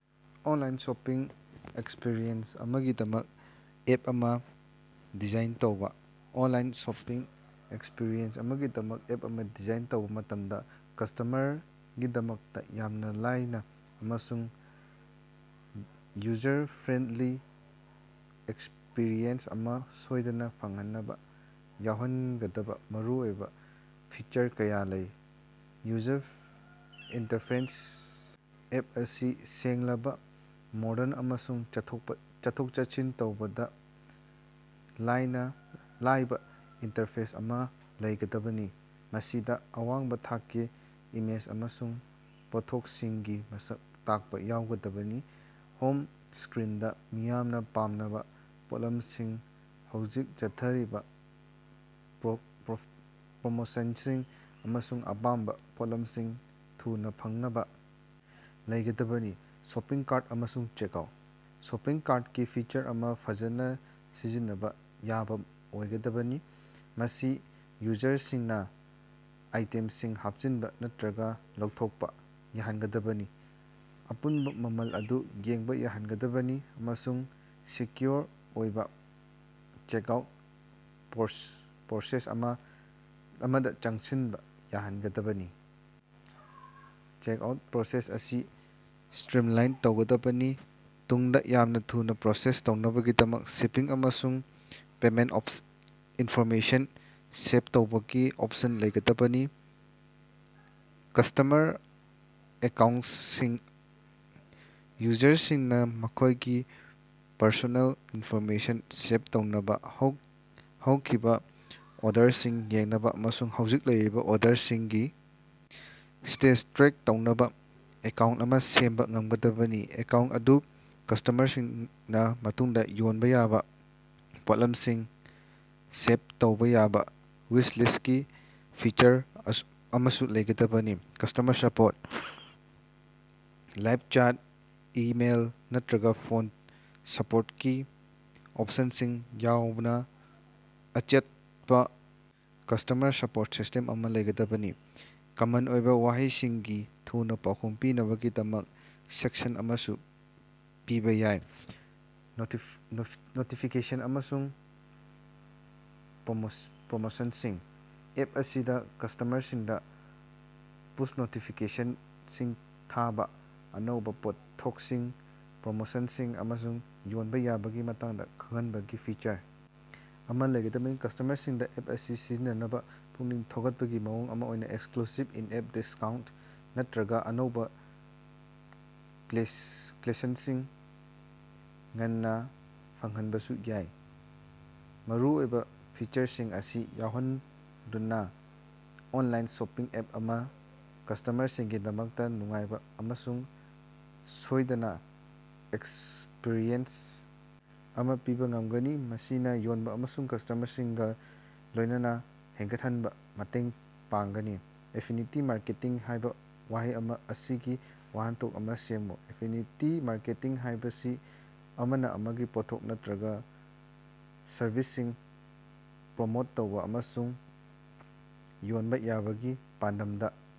Online shopping experience ꯑꯃꯒꯤꯗꯃꯛ app ꯑꯃ design ꯇꯧꯕ꯫ ꯑꯣꯟꯂꯥꯏꯟ ꯁꯣꯄꯤꯡ ꯑꯦꯛꯁꯄꯤꯔꯤꯑꯦꯟꯁ ꯑꯃꯒꯤꯗꯃꯛ ꯑꯦꯞ ꯑꯃ ꯗꯤꯖꯥꯏꯟ ꯇꯧꯕꯥ ꯃꯇꯝꯗ, ꯀꯁ꯭ꯇꯃꯔꯒꯤꯗꯃꯛꯇ ꯌꯥꯝꯅ ꯂꯥꯏꯅ ꯑꯃꯁꯨꯡ ꯌꯨꯖꯔ-ꯐ꯭ꯔꯦꯟꯗꯂꯤ ꯑꯦꯛꯁꯄꯤꯔꯤꯑꯦꯟꯁ ꯑꯃ ꯁꯣꯏꯗꯅ ꯐꯪꯍꯟꯅꯕ ꯌꯥꯎꯍꯟꯒꯗꯕ ꯃꯔꯨꯑꯣꯏꯕ ꯐꯤꯆꯔ ꯀꯌꯥ ꯂꯩ꯫ ꯌꯨꯖꯔ ꯏꯟꯇꯔꯐꯦꯁ: ꯑꯦꯞ ꯑꯁꯤ ꯁꯦꯡꯂꯕ, ꯃꯣꯗꯔꯟ ꯑꯃꯁꯨꯡ ꯆꯠꯊꯣꯛ-ꯆꯠꯁꯤꯟ ꯇꯧꯕꯗ ꯂꯥꯏꯕ ꯏꯟꯇꯔꯐꯦꯁ ꯑꯃ ꯂꯩꯒꯗꯕꯅꯤ, ꯃꯁꯤꯗ ꯑꯋꯥꯡꯕ ꯊꯥꯛꯀꯤ ꯏꯃꯦꯖ ꯑꯃꯁꯨꯡ ꯄꯣꯠꯊꯣꯛꯁꯤꯡꯒꯤ ꯃꯁꯛ ꯇꯥꯛꯄ ꯌꯥꯎꯒꯗꯕꯅꯤ꯫ ꯍꯣꯝ ꯁ꯭ꯀꯔꯤꯟꯗ ꯃꯤꯌꯥꯝꯅ ꯄꯥꯝꯅꯕ ꯄꯣꯠꯂꯝꯁꯤꯡ, ꯍꯧꯖꯤꯛ ꯆꯠꯊꯔꯤꯕ ꯄ꯭ꯔꯣꯃꯣꯁꯟꯁꯤꯡ, ꯑꯃꯁꯨꯡ ꯑꯄꯥꯝꯕ ꯄꯣꯠꯂꯝꯁꯤꯡ ꯊꯨꯅ ꯐꯪꯅꯕ ꯂꯩꯒꯗꯕꯅꯤ꯫ ꯁꯣꯄꯤꯡ ꯀꯥꯔꯠ ꯑꯃꯁꯨꯡ ꯆꯦꯛꯑꯥꯎꯠ: ꯁꯣꯄꯤꯡ ꯀꯥꯔꯠꯀꯤ ꯐꯤꯆꯔ ꯑꯃ ꯐꯖꯅ ꯁꯤꯖꯤꯟꯅꯕ ꯌꯥꯕ ꯑꯣꯏꯒꯗꯕꯅꯤ, ꯃꯁꯤꯅ ꯌꯨꯖꯔꯁꯤꯡꯅ ꯑꯥꯏꯇꯦꯝꯁꯤꯡ ꯍꯥꯞꯆꯤꯟꯕ ꯅꯠꯇ꯭ꯔꯒ ꯂꯧꯊꯣꯛꯄ ꯌꯥꯍꯟꯒꯗꯕꯅꯤ, ꯑꯄꯨꯟꯕ ꯃꯃꯜ ꯑꯗꯨ ꯌꯦꯡꯕ ꯌꯥꯍꯟꯒꯗꯕꯅꯤ ꯑꯃꯁꯨꯡ ꯁꯦꯀ꯭ꯌꯨꯑꯣꯔ ꯑꯣꯏꯕ ꯆꯦꯛꯑꯥꯎꯠ ꯄ꯭ꯔꯣꯁꯦꯁ ꯑꯃꯗ ꯆꯪꯁꯤꯟꯕ ꯌꯥꯍꯟꯒꯗꯕꯅꯤ꯫ ꯆꯦꯛꯑꯥꯎꯠ ꯄ꯭ꯔꯣꯁꯦꯁ ꯑꯁꯤ ꯁ꯭ꯇꯔꯤꯝꯂꯥꯏꯟ ꯇꯧꯒꯗꯕꯅꯤ, ꯇꯨꯡꯗ ꯌꯥꯝꯅ ꯊꯨꯅ ꯄ꯭ꯔꯣꯁꯦꯁ ꯇꯧꯅꯕꯒꯤꯗꯃꯛ ꯁꯤꯄꯤꯡ ꯑꯃꯁꯨꯡ ꯄꯦꯃꯦꯟꯇ ꯏꯟꯐꯣꯔꯃꯦꯁꯟ ꯁꯦꯚ ꯇꯧꯕꯒꯤ ꯑꯣꯞꯁꯟ ꯂꯩꯒꯗꯕꯅꯤ꯫ ꯀꯁ꯭ꯇꯃꯔ ꯑꯦꯀꯥꯎꯟꯇꯁꯤꯡ: ꯌꯨꯖꯔꯁꯤꯡꯅ ꯃꯈꯣꯏꯒꯤ ꯄꯔꯁꯣꯅꯦꯜ ꯏꯟꯐꯣꯔꯃꯦꯁꯟ ꯁꯦꯚ ꯇꯧꯅꯕ, ꯍꯧꯈꯤꯕ ꯑꯣꯔꯗꯔꯁꯤꯡ ꯌꯦꯡꯅꯕ ꯑꯃꯁꯨꯡ ꯍꯧꯖꯤꯛ ꯂꯩꯔꯤꯕ ꯑꯣꯔꯗꯔꯁꯤꯡꯒꯤ ꯁ꯭ꯇꯦꯇꯁ ꯇ꯭ꯔꯦꯛ ꯇꯧꯅꯕ ꯑꯦꯀꯥꯎꯟ ꯑꯃ ꯁꯦꯝꯕ ꯉꯝꯒꯗꯕꯅꯤ꯫ ꯑꯦꯀꯥꯎꯟ ꯑꯗꯨꯗ ꯀꯁ꯭ꯇꯃꯔꯁꯤꯡꯅ ꯇꯨꯡꯗ ꯌꯣꯟꯕ ꯌꯥꯕ ꯄꯣꯠꯂꯝꯁꯤꯡ ꯁꯦꯚ ꯇꯧꯕ ꯌꯥꯕ ꯋꯤꯁ ꯂꯤꯁ꯭ꯇꯀꯤ ꯐꯤꯆꯔ ꯑꯃꯁꯨ ꯂꯩꯒꯗꯕꯅꯤ꯫ ꯀꯁ꯭ꯇꯃꯔ ꯁꯄꯣꯔꯠ: ꯂꯥꯏꯕ ꯆꯦꯠ, ꯏꯃꯦꯏꯜ, ꯅꯠꯇ꯭ꯔꯒ ꯐꯣꯟ ꯁꯄꯣꯔꯇꯀꯤ ꯑꯣꯞꯁꯟꯁꯤꯡ ꯌꯥꯎꯅ ꯑꯆꯦꯠꯄ ꯀꯁ꯭ꯇꯃꯔ ꯁꯄꯣꯔꯠ ꯁꯤꯁ꯭ꯇꯦꯝ ꯑꯃ ꯂꯩꯒꯗꯕꯅꯤ꯫ ꯀꯃꯟ ꯑꯣꯏꯕ ꯋꯥꯍꯪꯁꯤꯡꯒꯤ ꯊꯨꯅ ꯄꯥꯎꯈꯨꯝ ꯄꯤꯅꯕꯒꯤꯗꯃꯛ ꯁꯦꯛꯁꯟ ꯑꯃꯁꯨ ꯄꯤꯕ ꯌꯥꯏ꯫ ꯅꯣꯇꯤꯐꯤꯀꯦꯁꯟ ꯑꯃꯁꯨꯡ ꯄ꯭ꯔꯣꯃꯣꯁꯟꯁꯤꯡ: ꯑꯦꯞ ꯑꯁꯤꯗ ꯀꯁ꯭ꯇꯃꯔꯁꯤꯡꯗ ꯄꯨꯁ ꯅꯣꯇꯤꯐꯤꯀꯦꯁꯟꯁꯤꯡ ꯊꯥꯕ, ꯑꯅꯧꯕ ꯄꯣꯠꯊꯣꯛꯁꯤꯡ, ꯄ꯭ꯔꯃꯣꯁꯟꯁꯤꯡ, ꯑꯃꯁꯨꯡ ꯌꯣꯟꯕ ꯌꯥꯕꯒꯤ ꯃꯇꯥꯡꯗ ꯈꯪꯍꯟꯕꯒꯤ ꯐꯤꯆꯔ ꯑꯃ ꯂꯩꯒꯗꯕꯅꯤ꯫ ꯀꯁ꯭ꯇꯃꯔꯁꯤꯡꯗ ꯑꯦꯞ ꯑꯁꯤ ꯁꯤꯖꯤꯟꯅꯅꯕ ꯄꯨꯛꯅꯤꯡ ꯊꯧꯒꯠꯄꯒꯤ ꯃꯑꯣꯡ ꯑꯃ ꯑꯣꯏꯅ ꯑꯦꯛꯁꯛꯂꯨꯁꯤꯕ ꯏꯟ-ꯑꯦꯞ ꯗꯤꯁꯀꯥꯎꯟꯇ ꯅꯠꯇ꯭ꯔꯒ ꯑꯅꯧꯕ ꯀꯂꯦꯛꯁꯟꯁꯤꯡ ꯉꯟꯅ ꯐꯪꯍꯟꯕꯁꯨ ꯌꯥꯏ꯫ ꯃꯔꯨꯑꯣꯏꯕ ꯐꯤꯆꯔꯁꯤꯡ ꯑꯁꯤ ꯌꯥꯎꯍꯟꯗꯨꯅ ꯑꯣꯅꯂꯥꯏꯟ ꯁꯣꯄꯤꯡ ꯑꯦꯞ ꯑꯃꯅ ꯀꯁ꯭ꯇꯃꯔꯁꯤꯡꯒꯤꯗꯃꯛꯇ ꯅꯨꯡꯉꯥꯏꯕ ꯑꯃꯁꯨꯡ ꯁꯣꯏꯗꯅ ꯑꯦꯛꯁꯄꯔꯤꯌꯦꯟꯁ ꯑꯃ ꯄꯤꯕ ꯉꯝꯒꯅꯤ, ꯃꯁꯤꯅꯥ ꯌꯣꯟꯕ ꯑꯃꯁꯨꯡ ꯀꯁ꯭ꯇꯃꯔꯁꯤꯡꯒꯤ ꯂꯣꯏꯅꯅ ꯍꯦꯟꯒꯠꯍꯟꯕꯗ ꯃꯇꯦꯡ ꯄꯥꯡꯒꯅꯤ꯫ ꯑꯦꯐꯤꯅꯤꯇꯤ ꯃꯥꯔꯀꯦꯇꯤꯡ ꯍꯥꯏꯕ ꯋꯥꯍꯩ ꯑꯁꯤꯒꯤ ꯋꯥꯍꯟꯊꯣꯛ ꯑꯃ ꯁꯦꯝꯃꯨ꯫ ꯑꯦꯐꯤꯅꯤꯇꯤ ꯃꯥꯔꯀꯦꯇꯤꯡ ꯍꯥꯏꯕꯁꯤ ꯑꯃꯅ ꯑꯃꯒꯤ ꯄꯣꯠꯊꯣꯛ ꯅꯠꯇ꯭ꯔꯒ ꯁꯔꯚꯤꯁꯁꯤꯡ ꯄ꯭ꯔꯃꯣꯠ ꯇꯧꯕ ꯑꯃꯁꯨꯡ ꯌꯣꯟꯕ ꯌꯥꯕꯒꯤ ꯄꯥꯟꯗꯝꯗ